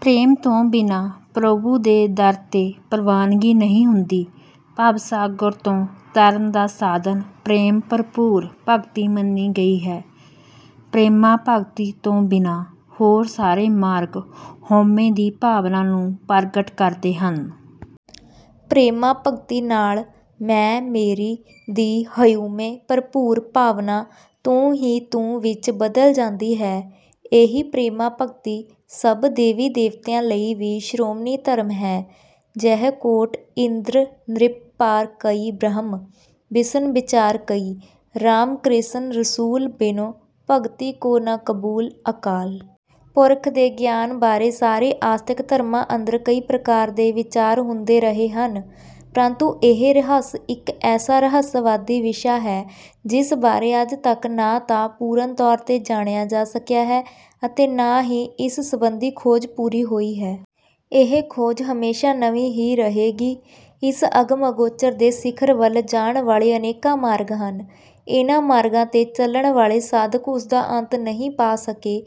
ਪ੍ਰੇਮ ਤੋਂ ਬਿਨਾਂ ਪ੍ਰਭੂ ਦੇ ਦਰ ’ਤੇ ਪ੍ਰਵਾਨਗੀ ਨਹੀਂ ਹੁੰਦੀ। ਭਵਸਾਗਰ ਤੋਂ ਤਰਨ ਦਾ ਸਾਧਨ ਪ੍ਰੇਮ-ਭਰਪੂਰ ਭਗਤੀ ਮੰਨੀ ਗਈ ਹੈ। ਪ੍ਰੇਮਾ-ਭਗਤੀ ਤੋਂ ਬਿਨਾਂ ਹੋਰ ਸਾਰੇ ਮਾਰਗ ਹਉਮੈ ਦੀ ਭਾਵਨਾ ਨੂੰ ਪ੍ਰਗਟ ਕਰਦੇ ਹਨ। ਪ੍ਰੇਮਾ-ਭਗਤੀ ਨਾਲ “ਮੈਂ-ਮੇਰੀ” ਦੀ ਹਉਮੈ-ਭਰਪੂਰ ਭਾਵਨਾ “ਤੂੰ ਹੀ ਤੂੰ” ਵਿੱਚ ਬਦਲ ਜਾਂਦੀ ਹੈ। ਇਹੀ ਪ੍ਰੇਮਾ-ਭਗਤੀ ਸਭ ਦੇਵੀ-ਦੇਵਤਿਆਂ ਲਈ ਵੀ ਸ਼੍ਰੋਮਣੀ ਧਰਮ ਹੈ ਜਿਹ ਕੋਟਿ ਇੰਦ੍ਰ ਨ੍ਰਿਪਾਰਕਈ ਬ੍ਰਹਮ ਬਿਸਨ ਬਿਚਾਰਕਈ। ਰਾਮ ਕ੍ਰਿਸਨ ਰਸੂਲ ਬਿਨੁ ਭਗਤ ਕੋ ਨ ਕਬੂਲ॥ ਅਕਾਲ ਪੁਰਖ ਦੇ ਗਿਆਨ ਬਾਰੇ ਸਾਰੇ ਆਸਤਿਕ ਧਰਮਾਂ ਅੰਦਰ ਕਈ ਪ੍ਰਕਾਰ ਦੇ ਵਿਚਾਰ ਹੁੰਦੇ ਰਹੇ ਹਨ। ਪਰੰਤੂ ਇਹ ਰਹੱਸ ਇੱਕ ਐਸਾ ਰਹੱਸਵਾਦੀ ਵਿਸ਼ਾ ਹੈ, ਜਿਸ ਬਾਰੇ ਅੱਜ ਤੱਕ ਨਾ ਤਾਂ ਪੂਰਨ ਤੌਰ ’ਤੇ ਜਾਣਿਆ ਜਾ ਸਕਿਆ ਹੈ ਅਤੇ ਨਾ ਹੀ ਇਸ ਸੰਬੰਧੀ ਖੋਜ ਪੂਰੀ ਹੋਈ ਹੈ। ਇਹ ਖੋਜ ਹਮੇਸ਼ਾ ਨਵੀਂ ਹੀ ਰਹੇਗੀ। ਇਸ ਅਗਮ-ਅਗੋਚਰ ਦੇ ਸਿਖਰ ਵੱਲ ਜਾਣ ਵਾਲੇ ਅਨੇਕਾਂ ਮਾਰਗ ਹਨ। ਇਨ੍ਹਾਂ ਮਾਰਗਾਂ ’ਤੇ ਚੱਲਣ ਵਾਲੇ ਸਾਧਕ ਉਸ ਦਾ ਅੰਤ ਨਹੀਂ ਪਾ ਸਕੇ।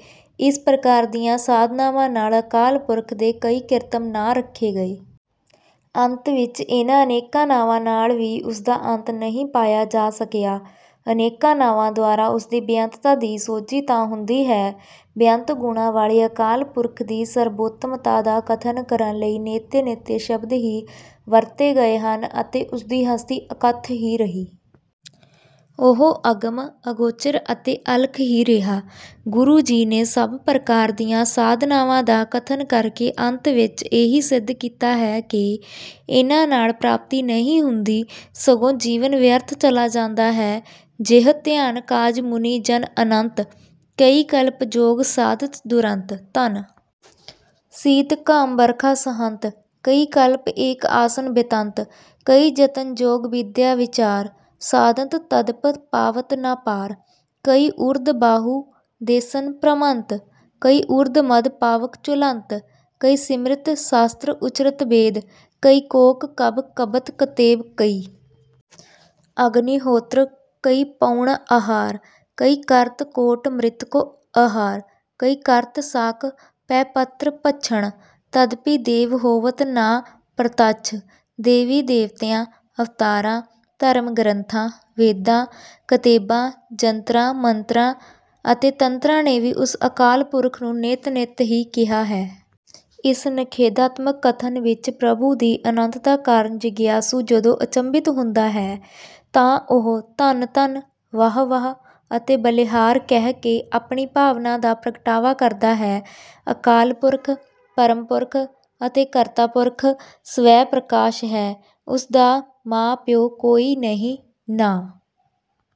ਇਸ ਪ੍ਰਕਾਰ ਦੀਆਂ ਸਾਧਨਾਵਾਂ ਨਾਲ ਅਕਾਲ ਪੁਰਖ ਦੇ ਕਈ ਕਿਰਤਮ ਨਾਂ ਰੱਖੇ ਗਏ। ਅੰਤ ਵਿੱਚ ਇਨ੍ਹਾਂ ਅਨੇਕਾਂ ਨਾਵਾਂ ਨਾਲ ਵੀ ਉਸ ਦਾ ਅੰਤ ਨਹੀਂ ਪਾਇਆ ਜਾ ਸਕਿਆ। ਅਨੇਕਾਂ ਨਾਵਾਂ ਦੁਆਰਾ ਉਸ ਦੀ ਬੇਅੰਤਤਾ ਦੀ ਸੋਝੀ ਤਾਂ ਹੁੰਦੀ ਹੈ। ਬੇਅੰਤ ਗੁਣਾਂ ਵਾਲੇ ਅਕਾਲ ਪੁਰਖ ਦੀ ਸਰਬੋਤਮਤਾ ਦਾ ਕਥਨ ਕਰਨ ਲਈ “ਨੇਤਿ-ਨੇਤਿ” ਸ਼ਬਦ ਹੀ ਵਰਤੇ ਗਏ ਹਨ ਅਤੇ ਉਸ ਦੀ ਹਸਤੀ ਅਕੱਥ ਹੀ ਰਹੀ। ਉਹ ਅਗਮ, ਅਗੋਚਰ ਅਤੇ ਅਲੱਖ ਹੀ ਰਿਹਾ। ਗੁਰੂ ਜੀ ਨੇ ਸਭ ਪ੍ਰਕਾਰ ਦੀਆਂ ਸਾਧਨਾਵਾਂ ਦਾ ਕਥਨ ਕਰਕੇ ਅੰਤ ਵਿੱਚ ਇਹੀ ਸਿੱਧ ਕੀਤਾ ਹੈ ਕਿ ਇਨ੍ਹਾਂ ਨਾਲ ਪ੍ਰਾਪਤੀ ਨਹੀਂ ਹੁੰਦੀ, ਸਗੋਂ ਜੀਵਨ ਵਿਅਰਥ ਚਲਾ ਜਾਂਦਾ ਹੈ ਜਿਹ ਧਿਆਨ ਕਾਜ ਮੁਨਿ ਜਨ ਅਨੰਤ, ਕਈ ਕਲਪ ਜੋਗ ਸਾਧਤ ਦੁਰੰਤ। ਤਨ ਸੀਤ ਘਾਮ ਬਰਖਾ ਸਹੰਤ। ਕਈ ਕਲਪ ਏਕ ਆਸਨ ਬਿਤੰਤ। ਕਈ ਜਤਨ ਜੋਗ ਬਿਦਿਆ ਬਿਚਾਰ। ਸਾਧੰਤ ਤਦਪਿ ਪਾਵਤ ਨ ਪਾਰ। ਕਈ ਊਰਧ ਬਾਹੁ, ਦੇਸਨ ਭ੍ਰਮੰਤ। ਕਈ ਊਰਧ ਮਧ ਪਾਵਕ ਝੁਲੰਤ। ਕਈ ਸਿਮ੍ਰਿਤਿ ਸਾਸਤ੍ਰ ਉਚਰਤ ਬੇਦ। ਕਈ ਕੋਕ ਕਬਿ ਕੱਬਤ ਕਤੇਬ। ਕਈ ਅਗਨਿ ਹੋਤ੍ਰ, ਕਈ ਪਉਣ-ਅਹਾਰ। ਕਈ ਕਰਤ ਕੋਟਿ ਮ੍ਰਿਤਕੋ ਅਹਾਰ। ਕਈ ਕਰਤ ਸਾਕ, ਪੈ ਪੱਤ੍ਰ ਭੱਛਨ। ਤਦਪਿ ਦੇਵ ਹੋਵਤ ਨ ਪ੍ਰਤੱਛ ਦੇਵੀ-ਦੇਵਤਿਆਂ, ਅਵਤਾਰਾਂ, ਧਰਮ-ਗ੍ਰੰਥਾਂ, ਵੇਦਾਂ, ਕਤੇਬਾਂ, ਜੰਤਰਾਂ, ਮੰਤਰਾਂ ਅਤੇ ਤੰਤਰਾਂ ਨੇ ਵੀ ਉਸ ਅਕਾਲ ਪੁਰਖ ਨੂੰ “ਨੇਤਿ-ਨੇਤਿ” ਹੀ ਕਿਹਾ ਹੈ। ਇਸ ਨਿਖੇਧਾਤਮਕ ਕਥਨ ਵਿੱਚ ਪ੍ਰਭੂ ਦੀ ਅਨੰਤਤਾ ਕਾਰਨ ਜਿਗਿਆਸੂ ਜਦੋਂ ਅਚੰਭਿਤ ਹੁੰਦਾ ਹੈ, ਤਾਂ ਉਹ “ਧੰਨ-ਧੰਨ”, “ਵਾਹ-ਵਾਹ” ਅਤੇ “ਬਲਿਹਾਰ” ਕਹਿ ਕੇ ਆਪਣੀ ਭਾਵਨਾ ਦਾ ਪ੍ਰਗਟਾਵਾ ਕਰਦਾ ਹੈ। ਅਕਾਲ ਪੁਰਖ, ਪਰਮ ਪੁਰਖ ਅਤੇ ਕਰਤਾ ਪੁਰਖ ਸਵੈ-ਪ੍ਰਕਾਸ਼ ਹੈ। ਉਸ ਦਾ ਮਾਂ-ਪਿਉ ਕੋਈ ਨਹੀਂ, ਨਾ…